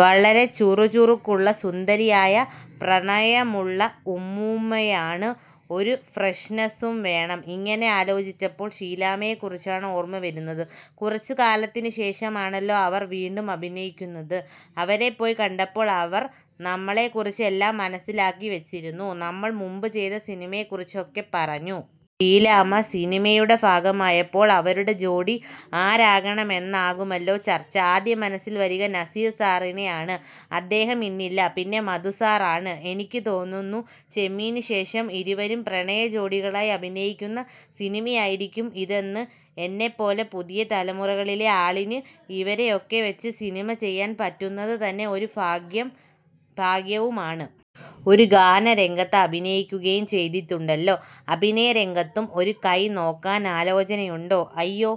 വളരെ ചുറുചുറുക്കുള്ള, സുന്ദരിയായ, പ്രണയമുള്ള ഉമ്മൂമ്മയാണ്. ഒരു ഫ്രഷ്നസും വേണം. ഖങ്ങനെ ആലോചിച്ചപ്പോൾ ഷീലാമ്മയെക്കുറിച്ചാണ് ഓർമ്മ വരുന്നത്. കുറച്ച് കാലത്തിനു ശേഷമാണല്ലോ അവർ വീണ്ടും അഭിനയിക്കുന്നത്. അവരെ പോയി കണ്ടപ്പോൾ അവർ നമ്മളെ കുറിച്ച് എല്ലാം മനസ്സിലാക്കി വച്ചിരുന്നു. നമ്മൾ മുമ്പ് ചെയ്ത സിനിമയെ കുറിച്ച് ഒക്കെ പറഞ്ഞു. ഷീലാമ്മ സിനിമയുടെ ഭാഗമായപ്പോൾ അവരുടെ ജോഡി ആരാകണമെന്നാകുമല്ലോ ചർച്ച. ആദ്യം മനസ്സിൽ വരിക നസീർ സാറിനെയാണ്. അദ്ദേഹം ഇന്നില്ല. പിന്നെ മധുസാറാണ്. എനിക്ക് തോന്നുന്നു ചെമ്മീനു ശേഷം ഇരുവരും പ്രണയജോഡികളായി അഭിനയിക്കുന്ന സിനിമയായിരിക്കും ഇതെന്നാണ്. എന്നെപ്പോലെ പുതിയ തലമുറയിലെ ആളിന് ഇവരെയൊക്കെ വച്ച് സിനിമ ചെയ്യാൻ പറ്റുന്നതു തന്നെ ഒരു ഭാഗ്യവും ആണ്. ഒരു ഗാനരംഗത്ത് അഭിനയിക്കുകയും ചെയ്തിട്ടുണ്ടല്ലോ? അഭിനയരംഗത്തും ഒരു കൈനോക്കാൻ ആലോചനയുണ്ടോ? അയ്യോ,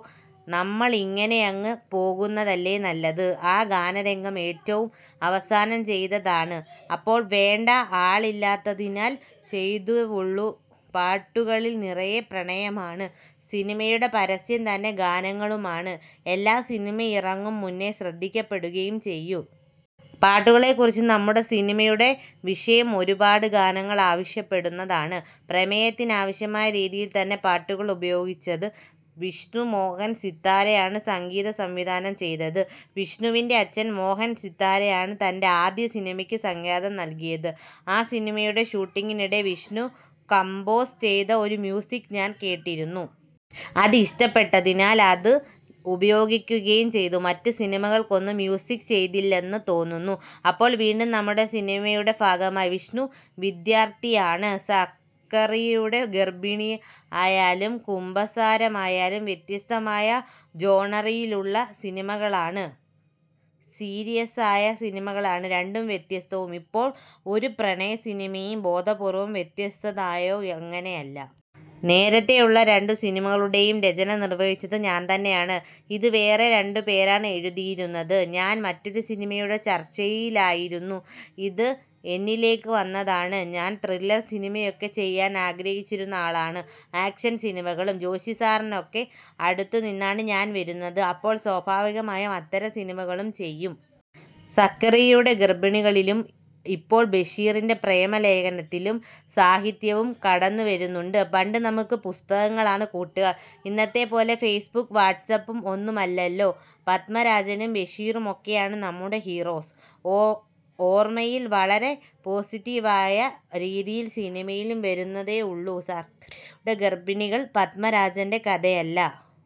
നമ്മൾ ഇങ്ങനെയങ്ങ് പോകുന്നതല്ലേ നല്ലത്. ആ ഗാനരംഗം ഏറ്റവും അവസാനം ചെയ്തതാണ്. അപ്പോൾ വേണ്ട ആളില്ലാത്തതിനാൽ ചെയ്തു ഉള്ളൂ. പാട്ടുകളിൽ നിറയെ പ്രണയമാണ്. സിനിമയുടെ പരസ്യം തന്നെ ഗാനങ്ങളുമാണ്. എല്ലാം സിനിമയിറങ്ങും മുന്നേ ശ്രദ്ധിക്കപ്പെടുകയും ചെയ്തു. പാട്ടുകളെ കുറിച്ച്? നമ്മുടെ സിനിമയുടെ വിഷയം ഒരുപാട് ഗാനങ്ങൾ ആവശ്യപ്പെടുന്നതാണ്. പ്രമേയത്തിനാവശ്യമായ രീതിയിൽ തന്നെ പാട്ടുകൾ ഉപയോഗിച്ചത്. വിഷ്ണു മോഹൻ സിത്താരയാണ് സംഗീതസംവിധാനം ചെയ്തത്. വിഷ്ണുവിന്റെ അച്ഛൻ മോഹൻ സിത്താരയാണ് തന്റെ ആദ്യ സിനിമയ്ക്ക് സംഗീതം നൽകിയത്. ആ സിനിമയുടെ ഷൂട്ടിംഗിനിടെ വിഷ്ണു കമ്പോസ് ചെയ്ത ഒരു മ്യൂസിക് ഞാൻ കേട്ടിരുന്നു. അത് ഇഷ്ടപ്പെട്ടതിനാൽ അത് ഉപയോഗിക്കുകയും ചെയ്തു. മറ്റ് സിനിമകൾക്കൊന്നും മ്യൂസിക് ചെയ്തില്ലെന്നു തോന്നുന്നു. അപ്പോൾ വീണ്ടും നമ്മുടെ സിനിമയുടെ ഭാഗമായി. വിഷ്ണു വിദ്യാർഥിയാണ്. സക്കറിയയുടെ ഗർഭിണിയായാലും കുമ്പസാരമായാലും വ്യത്യസ്തമായ ജോണറിലുള്ള സിനിമകളാണ്. സീരിയസായ സിനിമകളാണ്. രണ്ടും വ്യത്യസ്തവും. ഇപ്പോൾ ഒരു പ്രണയസിനിമയും. ബോധപൂർവവും വ്യത്യസ്തതയാണോ? അങ്ങനെയല്ല. നേരത്തെയുള്ള രണ്ടു സിനിമകളുടെയും രചന നിർവഹിച്ചത് ഞാൻ തന്നെയാണ്. ഇത് വേറെ രണ്ടുപേരാണ് എഴുതിയിരിന്നത്. ഞാൻ മറ്റൊരു സിനിമയുടെ ചർച്ചയിലായിരുന്നു. ഇത് എന്നിലേക്ക് വന്നതാണ്. ഞാൻ ത്രില്ലർ സിനിമകളൊക്കെ ചെയ്യാൻ ആഗ്രഹിക്കുന്നയാളാണ്. ആക്ഷൻ സിനിമകളും. ജോഷി സാറിന്റെയൊക്കെ അടുത്തു നിന്നാണ് ഞാൻ വരുന്നത്. അപ്പോൾ സ്വാഭാവികമായും അത്തരം സിനിമകളും ചെയ്യും. സക്കറിയയുടെ ഗർഭിണികളിലും ഇപ്പോൾ ബഷീറിന്റെ പ്രേമലേഖനത്തിലും സാഹിത്യവും കടന്നുവരുന്നുണ്ട്? പണ്ട് നമുക്ക് പുസ്തകങ്ങളാണ് കൂട്ടുകാർ. ഇന്നത്തെപ്പോലെ ഫേസ്ബുക്കും വാട്സ് ആപ്പും ഒന്നുമല്ലല്ലോ? പദ്മരാജനും ബഷീറുമൊക്കെയാണ് നമ്മുടെ ഹീറോസ്. ആ ഓർമ്മയിൽ വളരെ പോസറ്റീവ് ആയ രീതിയിൽ സിനിമയിലും വരുന്നുവെന്നേ ഉള്ളൂ. സക്കറിയയുടെ ഗർഭിണികൾ പദ്മരാജന്റെ കഥയല്ല.